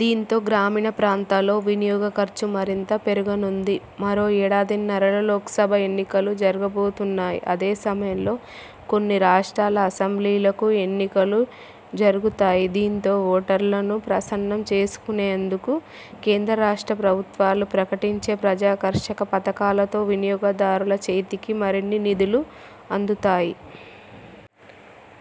దీంతో గ్రామీణ ప్రాంతాల్లో వినియోగ ఖర్చు మరింత పెరగనుంది. మరో ఏడాదిన్నరలో లోక్సభ ఎన్నికలు జరగబోతున్నాయి. అదే సమయంలో కొన్ని రాష్ట్రాల అసెంబ్లీలకూ ఎన్నికలు జరుగుతాయి. దీంతో ఓటర్లను ప్రసన్నం చేసుకునేందుకు కేంద్ర-రాష్ట్ర ప్రభుత్వాలు ప్రకటించే ప్రజాకర్షక పథకాలతో వినియోగదారుల చేతికి మరిన్ని నిధులు అందుతాయి.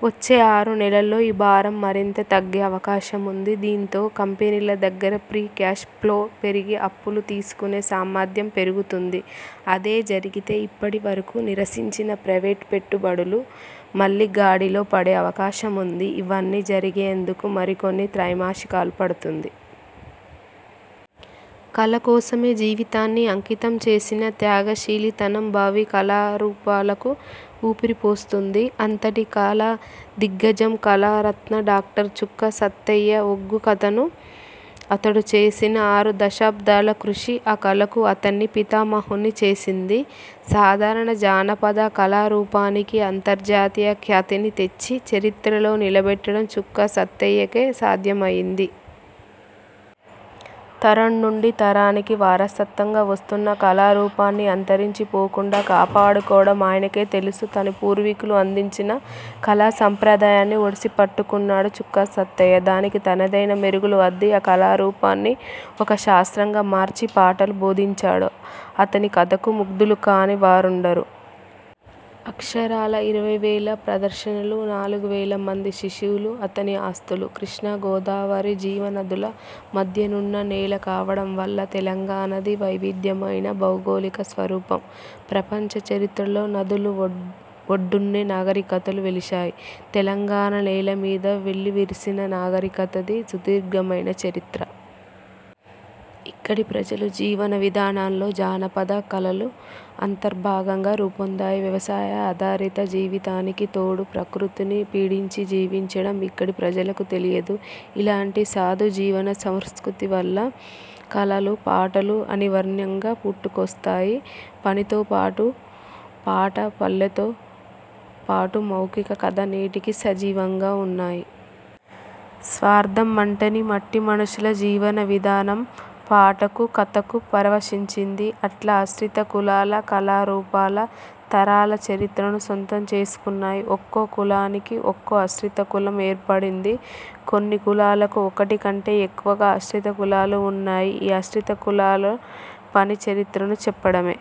వచ్చే ఆరు నెలల్లో ఈ భారం మరింత తగ్గే అవకాశం ఉంది. దీంతో కంపెనీల దగ్గర ఫ్రీ క్యాష్ ఫ్లో పెరిగి అప్పులు తీసుకునే సామర్ధ్యం పెరుగుతుంది. అదే జరిగితే ఇప్పటివరకు నీరసించిన ప్రైవేట్ పెట్టుబడులు మళ్లీ గాడిలో పడే అవకాశం ఉంది. ఇవన్నీ జరిగేందుకు మరికొన్ని త్రైమాసికాలు పడుతుంది. కళ కోసమే జీవితాన్ని అంకితం చేసిన త్యాగశీలితనం భావి కళారూపాలకు ఊపిరిపోస్తుంది. అంతటి కళాదిగ్గజం కళారత్న డా. చుక్క సత్తయ్య. ఒగ్గు కథకు అతడు చేసిన ఆరుదశాబ్దాల కృషి, ఆ కళకు అతణ్ణి పితామహున్ని చేసింది. సాధారణ జానపద కళారూపానికి అంతర్జాతీయ ఖ్యాతిని తెచ్చి, చరిత్రలో నిలబెట్టడం చుక్క సత్తయ్యకే సాధ్యమయ్యింది. తరం నుండి తరానికి వారసత్వంగా వస్తున్న కళారూపాన్ని, అంతరించి పోకుండా కాపాడుకోవడం ఆయనకే తెలుసు. తన పూర్వీకులు అందించిన కళా సంప్రదాయాన్ని ఒడిసిపట్టుకున్నాడు చుక్క సత్తయ్య. దానికి తనదైన మెరుగులు అద్ది ఆ కళారూపాన్ని ఒక శాస్త్రంగా మార్చి పాఠాలు బోధించాడు. అతని కథకు ముగ్ధులుకాని వారుండరు. అక్షరాలా ఇరవై వేల ప్రదర్శనలు, నాలుగువేల మంది శిష్యులు అతని ఆస్తులు. కృష్ణా, గోదావరి జీవనదుల మధ్యనున్న నేల కావడం వల్ల తెలంగాణది వైవిధ్యమైన భౌగోళిక స్వరూపం. ప్రపంచ చరిత్రలో నదుల ఒడ్డున్నే నాగరికతలు వెలిశాయి. తెలంగాణ నేల మీద వెల్లివిరిసిన నాగరికతది సుదీర్ఘమైన చరిత్ర. ఇక్కడి ప్రజల జీవన విధానంలో జానపద కళలు అంతర్భాగంగా రూపొందాయి. వ్యవసాయ ఆధారిత జీవితానికి తోడు, ప్రకృతిని పీడించి జీవించడం ఇక్కడి ప్రజలకు తెలియదు. ఇలాంటి సాధుజీవన సంస్కృతి వల్ల కళలు, పాటలు అనివార్యంగా పుట్టుకొస్తాయి. పనితోపాటు పాట, పల్లెతో పాటు మౌఖిక కథ నేటికి సజీవంగా ఉన్నాయి. స్వార్థం అంటని మట్టిమనుషుల జీవన విధానం పాటకు, కథకు పరవశించింది. అట్లా ఆశ్రిత కులాల కళారూపాలు తరాల చరిత్రను సొంతం చేసుకున్నాయి. ఒక్కో కులానికి ఒక్కో ఆశ్రిత కులం ఏర్పడింది. కొన్ని కులాలకు ఒకటి కంటే ఎక్కువగా ఆశ్రిత కులాలు ఉన్నాయి. ఈ ఆశ్రిత కులాల పని చరిత్రను చెప్పడమే.